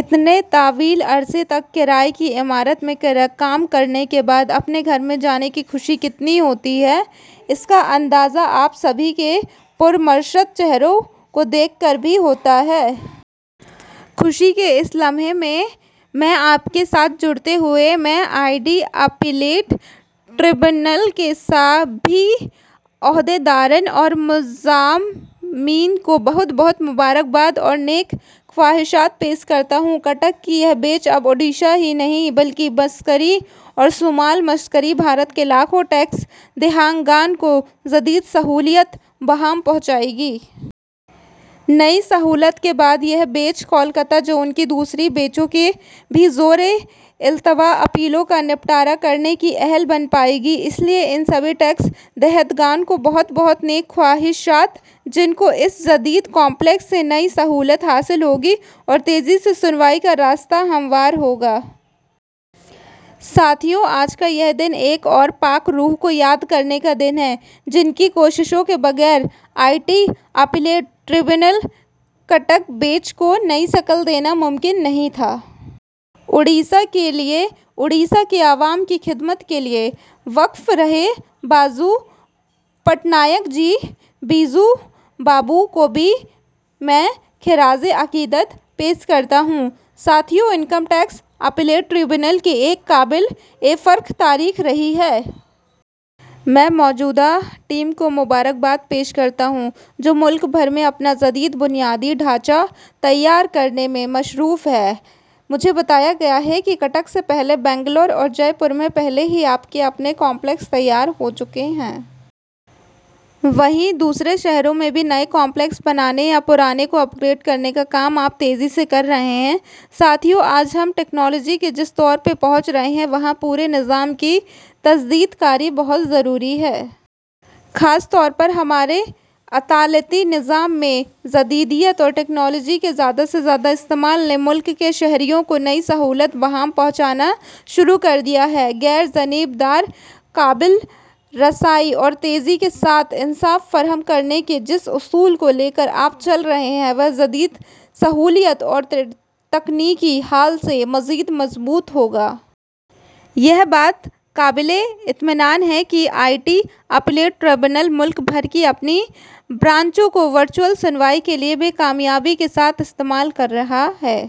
اتنے طویل عرصے تک کرائے کی عمارت میں کام کرنے کے بعد اپنے گھر میں جانے کی خوشی کتنی ہوتی ہے اس کا اندازہ آپ سبھی کے پرمسرت چہروں کو دیکھ کر بھی ہوتا ہے۔ خوشی کے اس لمحے میں آپ کے ساتھ جڑتے ہوئے میں آئی ٹی اپیلیٹ ٹربیونل کے سبھی عہدیداران اور ملازمین کو بہت بہت مبارکباد اور نیک خواہشات پیش کرتا ہوں۔ کٹک کی یہ بینچ اب اڈیشہ ہی نہیں بلکہ مشرقی اور شمال مشرقی بھارت کے لاکھوں ٹیکس دہندگان کو جدید سہولیات بہم پہنچائے گی۔ نئی سہولیات کے بعد یہ بینچ کولکاتا زون کی دوسری بینچوں کی بھی زیر التوا اپیلوں کا نپٹارہ کرنے کی اہل بن پائے گی۔ اس لیے ان سبھی ٹیکس دہندگان کو بھی بہت بہت نیک خواہشات جن کو اس جدید کامپلیکس سے نئی سہولت حاصل ہوگی اور تیزی سے سنوائی کا راستہ ہموار ہوگا۔ ساتھیو، آج کا یہ دن ایک اور پاک روح کو یاد کرنے کا دن ہے جن کی کوششوں کے بغیر I T appellate tribunal Cuttack bench کو نئی شکل دینا ممکن نہیں تھا۔ اڈیشہ کے لیے، اڈیشہ کے عوام کی خدمت کے لیے وقف رہے بیجو پٹنائک جی، بیجو بابو کو بھی میں خراج عقیدت پیش کرتا ہوں۔ ساتھیو، انکم ٹیکس اپیلیٹ ٹربیونل کی ایک قابل فخر تاریخ رہی ہے۔ میں موجودہ ٹیم کو مبارکباد پیش کرتا ہوں جو ملک بھر میں اپنا جدید بنیادی ڈھانچہ تیار کرنے میں مصروف ہے۔ مجھے بتایا گیا ہے کہ کٹک سے پہلے بنگلورو اور جے پور میں پہلے ہی آپ کے اپنے کامپلیکس تیار ہو چکے ہیں۔ وہیں دوسرے شہروں میں بھی نئے کامپلیکس بنانے یا پرانوں کو اپ گریڈ کرنے کا کام آپ تیزی سے کر رہے ہیں۔ ساتھیو، آج ہم ٹیکنالوجی کے جس دور میں پہنچ رہے ہیں وہاں پورے نظام کی تجدید کاری بہت ضروری ہے۔ خاص طور پر ہمارے عدالتی نظام میں جدیدیت اور ٹیکنالوجی کے زیادہ سے زیادہ استعمال نے ملک کے شہریوں کو نئی سہولیات بہم پہنچانا شروع کر دیا ہے۔ غیر جانبدار، قابل رسائی اور تیزی کے ساتھ انصاف فراہم کرانے کے جس اصول کو لے کر آپ چلے ہیں وہ جدید سہولتوں اور تکنیکی حل سے مزید مضبوط ہوگا۔ یہ بات قابل اطمئنان ہے کہ آئی ٹی اپیلیٹ ٹربیونل ملک بھر کی اپنی بینچوں کو ورچوئل سنوائی کے لیے بھی کامیابی کے ساتھ استعمال کر رہا ہے۔